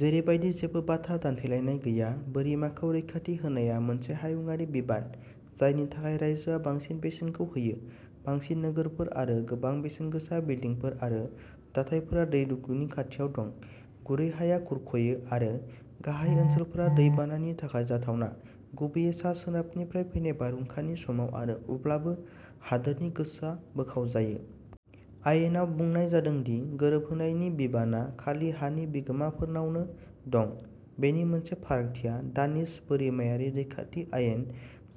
जेरैबादि जेबो बाथ्रा दानथेलायनाय गैया बोरिमाखौ रैखाथि होनाया मोनसे हायुंआरि बिबान जायनि थाखाय रायजोआ बांसिन बेसेनखौ होयो। बांसिन नोगोरफोर आरो गोबां बेसेनगोसा बिल्डिंफोर आरो दाथायफोरा दै रुगुंनि खाथियाव दं। गुरै हाया खुरख'यो आरो गाहाय ओनसोलफोरा दै बानानि थाखाय जाथावना, गुबैयै सा-सोनाबनिफ्राय फैनाय बारहुंखानि समाव आरो अब्लाबो, हादोरनि गोसोआ बोखावजायो। आयेनाव बुंनाय जादों दि गोरोबहोनायनि बिबाना खालि हानि बिगोमाफोरनावनो दं। बेनि मोनसे फारागथिया दानिश बोरिमायारि रैखाथि आयेन,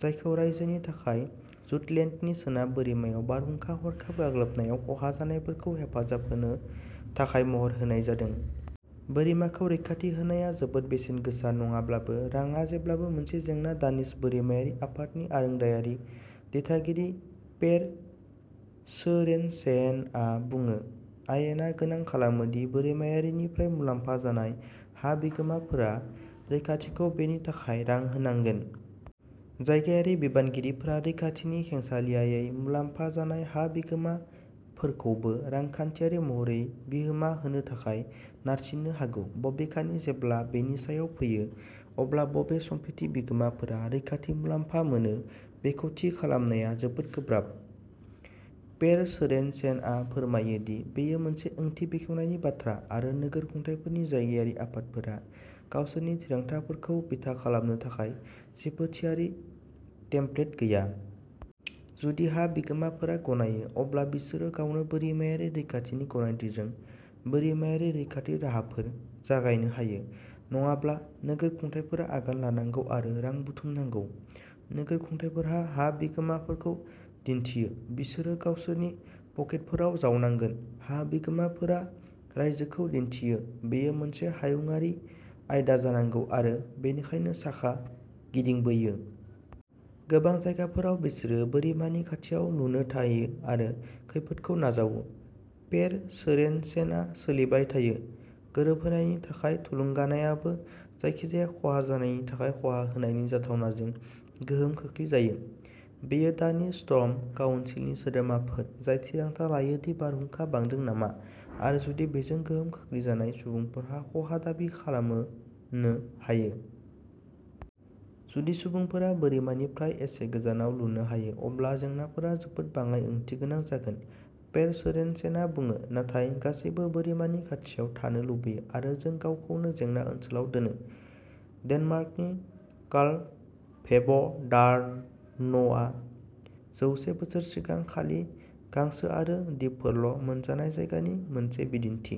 जायखौ रायजोनि थाखाय जुटलेन्डनि सोनाब बोरिमायाव बारहुंखा हरखाब गाग्लोबनायाव खहा जानायफोरखौ हेफाजाब होनो थाखाय महर होनाय जादों। बोरिमाखौ रैखाथि होनाया जोबोद बेसेन गोसा नङाब्लाबो, रांआ जेब्लाबो मोनसे जेंना दानिश बोरिमायारि आफादनि आरोंदायारि दिथागिरि पेर सोरेनसेनआ बुङो। आयेना गोनां खालामो दि बोरिमायारिनिफ्राय मुलाम्फा जानाय हा बिगोमाफोरा। रैखाथिखौ बेनि थाखाय रां होनांगोन। जायगायारि बिबानगिरिफोरा रैखाथिनिफ्राय खेंसालियायै मुलाम्फा जानाय हा बिगोमाफोरखौबो रांखान्थियारि महरै बिहोमा होनो थाखाय नारसिननो हागौ। बबेखानि, जेब्ला बेनि सायाव फैयो, अब्ला बबे सम्पथि बिगोमाफोरा रैखाथि मुलाम्फा मोनो बेखौ थि खालामनाया जोबोद गोब्राब। पेर सोरेनसेनआ फोरमायो दि बेयो मोनसे ओंथि बेखेवनायनि बाथ्रा आरो नोगोर खुंथायफोरनि जायगायारि आफादफोरा गावसोरनि थिरांथाफोरखौ बिथा खालामनो थाखाय जेबो थियारि टेम्पलेट गैया। जुदि हा बिगोमाफोरा गनायो, अब्ला बिसोरो गावनो बोरिमायारि रैखाथिनि गनायथिजों बोरिमायारि रैखाथि राहाफोर जागायनो हायो। नङाब्ला, नोगोर खुंथायफोरा आगान लानांगौ आरो रां बुथुमनांगौ। नोगोर खुंथायफोरा हा बिगोमाफोरखौ दिन्थियो बिसोरो गावसोरनि पकेटफोराव जावनांगोन। हा बिगोमाफोरा रायजोखौ दिन्थियो बेयो मोनसे हायुंआरि आयदा जानांगौ आरो बेनिखायनो साखा गिदिंबोयो। गोबां जायगाफोराव बिसोरो बोरिमानि खाथियाव लुनो थायो आरो खैफोदखौ नाजावो पेर सोरेनसेनआ सोलिबाय थायो। गोरोबहोनायनि थाखाय थुलुंगानायाबो जायखिजाया खहा जानायनि थाखाय खहा होनायनि जाथावनाजों गोहोम खोख्लैजायो। बेयो दानिश स्टर्म काउनसिलनि सोद्रोमाफोर जाय थिरांथा लायो दि बारहुंखा बांदों नामा आरो जुदि बेजों गोहोम खोख्लैजानाय सुबुंफोरा खहा दाबि खालामनो हायो। जुदि सुबुंफोरा बोरिमानिफ्राय एसे गोजानाव लुनो हायो, अब्ला जेंनाफोरा जोबोद बाङाइ ओंथिगोनां जागोन, पेर सोरेनसेनआ बुङो। नाथाय गासैबो बोरिमानि खाथियाव थानो लुबैयो आरो जों गावखौनो जेंना ओनसोलाव दोनो। डेनमार्कनि कालभेब'डार्नआ जौसे बोसोर सिगां खालि गांसो आरो दिपफोरल' मोनजानाय जायगानि मोनसे बिदिन्थि।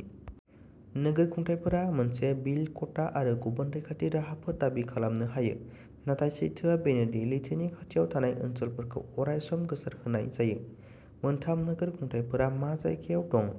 नोगोर खुंथायफोरा मोनसे बिल्ड क'टा आरो गुबुन रैखाथि राहाफोर दाबि खालामनो हायो, नाथाय सैथोआ बेनो दि लैथोनि खाथियाव थानाय ओनसोलफोरखौ अराय सम गोसारहोनाय जायो। मोनथाम नोगोर खुंथायफोरा मा जायगायाव दं।